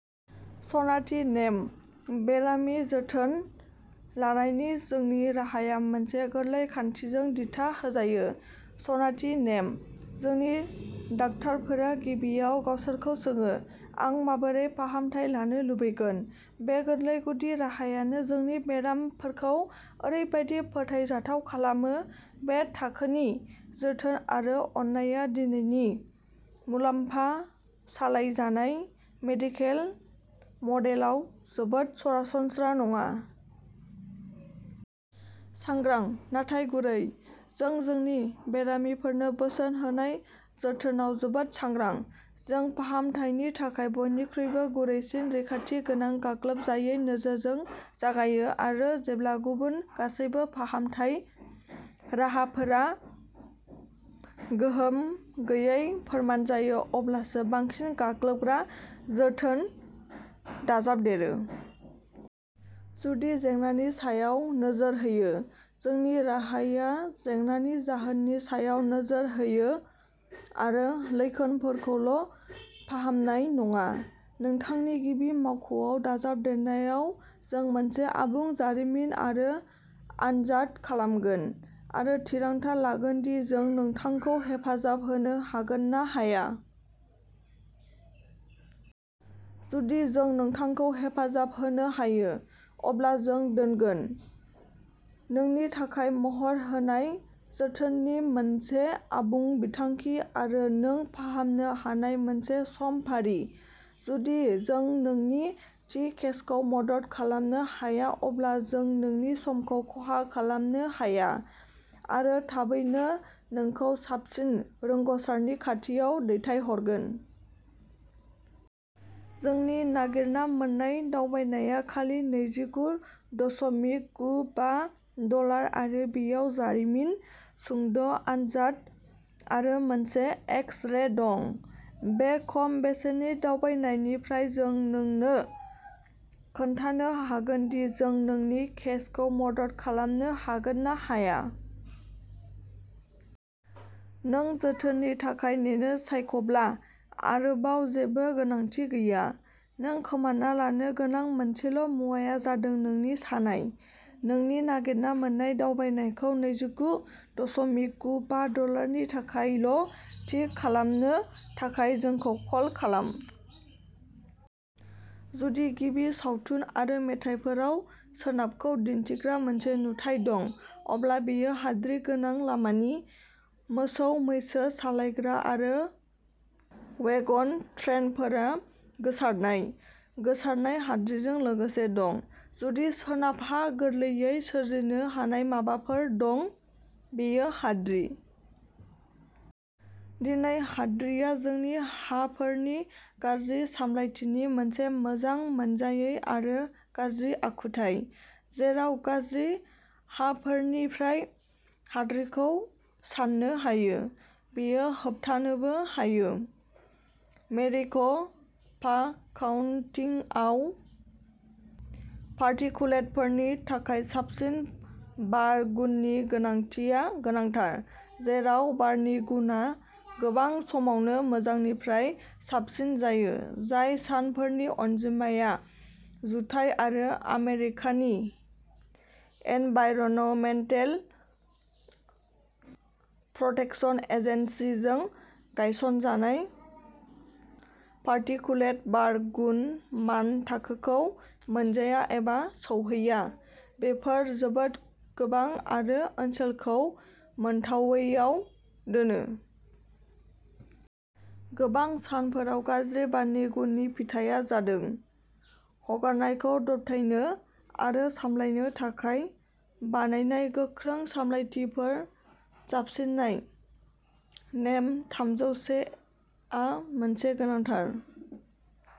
सनाथि नेम। बेरामि जोथोन लानायनि जोंनि राहाया मोनसे गोरलै खान्थिजों दिथा होजायो, सनाथि नेम। जोंनि डाक्टारफोरा गिबियाव गावसोरखौ सोङो, "आं माबोरै फाहामथाय लानो लुबैगोन?" बे गोरलै गुदि राहायानो जोंनि बेरामिफोरखौ ओरैबादि फोथायजाथाव खालामो, बे थाखोनि जोथोन आरो अननायआ दिनैनि "मुलाम्फा-सालायजानाय" मेडिकेल मडेलाव जोबोद सरासनस्रा नङा। सांग्रां, नाथाय गुरै। जों जोंनि बेरामिफोरनो बोसोन होनाय जोथोनआव जोबोद सांग्रां। जों फाहामथायनि थाखाय बयनिख्रुइबो गुरैसिन, रैखाथि गोनां गाग्लोबजायै नोजोरजों जागायो आरो जेब्ला गुबुन गासैबो फाहामथाय राहाफोरा गोहोम गैयै फोरमान जायो अब्लासो बांसिन गाग्लोबग्रा जोथोन दाजाबदेरो। गुदि जेंनानि सायाव नोजोर होयो। जोंनि राहाया जेंनानि जाहोननि सायाव नोजोर होयो आरो लैखोनफोरखौल' फाहामनाय नङा। नोंथांनि गिबि मावख'आव दावबायनायाव जों मोनसे आबुं जारिमिन आरो आनजाद खालामगोन आरो थिरांथा लागोन दि जों नोंथांखौ हेफाजाब होनो हागोन ना हाया। जुदि जों नोंथांखौ हेफाजाब होनो हायो, अब्ला जों दोनगोन। नोंनि थाखाय महर होनाय जोथोननि मोनसे आबुं बिथांखि आरो नों फाहामनो हानाय मोनसे समफारि। जुदि जों नोंनि थि केसखौ मदद खालामनो हाया अब्ला जों नोंनि समखौ खहा खालामनो हाया आरो थाबैनो नोंखौ साबसिन रोंग'सारनि खाथियाव दैथायहरगोन। जोंनि नागिरना मोन्नाय दावबायनाया खालि नैजिगु दस'मिक गु बा डलार आरो बेयाव जारिमिन, सुंद' आनजाद आरो मोनसे एक्स-रे दं। बे खम बेसेननि दावबायनायनिफ्राय जों नोंनो खोन्थानो हागोन दि जों नोंनि केसखौ मदद खालामनो हागोन ना हाया। नों जोथोननि थाखाय नेनो सायख'ब्ला आरोबाव जेबो गोनांथि गैया। नों खोमाना लानो गोनां मोनसेल' मुवाया जादों नोंनि सानाय, नोंनि नागिरना मोन्नाय दावबायनायखौ नैजिगु दस'मिक गु बा डलार नि थाखायल' थि खालामनो थाखाय जोंखौ कल खालाम। जुदि गिबि सावथुन आरो मेथाइफोराव सोनाबखौ दिन्थिग्रा मोनसे नुथाइ दं, अब्ला बेयो हाद्रि गोनां लामानि। मोसौ-मैसो सालायग्रा आरो वेगन ट्रेनफोरा गोसारनाय, गोसारनाय हाद्रिजों लोगोसे दं। जुदि सोनाबहा गोरलैयै सोरजिनो हानाय माबाफोर दं, बेयो हाद्रि। दिनै, हाद्रि आ जोंनि हाफोरनि गाज्रि सामलायथिनि मोनसे मोजां मोनजायै आरो गाज्रि आखुथाय। जेराव गाज्रि हाफोरनिफ्राय हाद्रिखौ सान्नो हायो, बेयो होबथानोबो हायो। मेरिक'पा काउन्टिआव पार्टिकुलेटफोरनि थाखाय साबसिन बार गुननि गोनांथिआ गोनांथार। जेराव बारनि गुनआ गोबां समावनो मोजांनिफ्राय साबसिन जायो, जाय सानफोरनि अनजिमाया जुथाइ रायजो आमेरिकानि एनभाइरनमेन्टेल प्रटेक्शन एजेन्सि जों गायसनजानाय पार्टिकुलेट बार गुन मान थाखोखौ मोनजाया एबा सौहैया, बेफोर जोबोद गोबां आरो ओनसोलखौ मोनथावैआव दोनो। गोबां सानफोराव गाज्रि बारनि गुननि फिथाइआ जादों हगारनायखौ दबथायनो आरो सामलायनो थाखाय बानायनाय गोख्रों सामलायथिफोर जाबसिननाय। नेम थामजौ से आ मोनसे गोनांथार।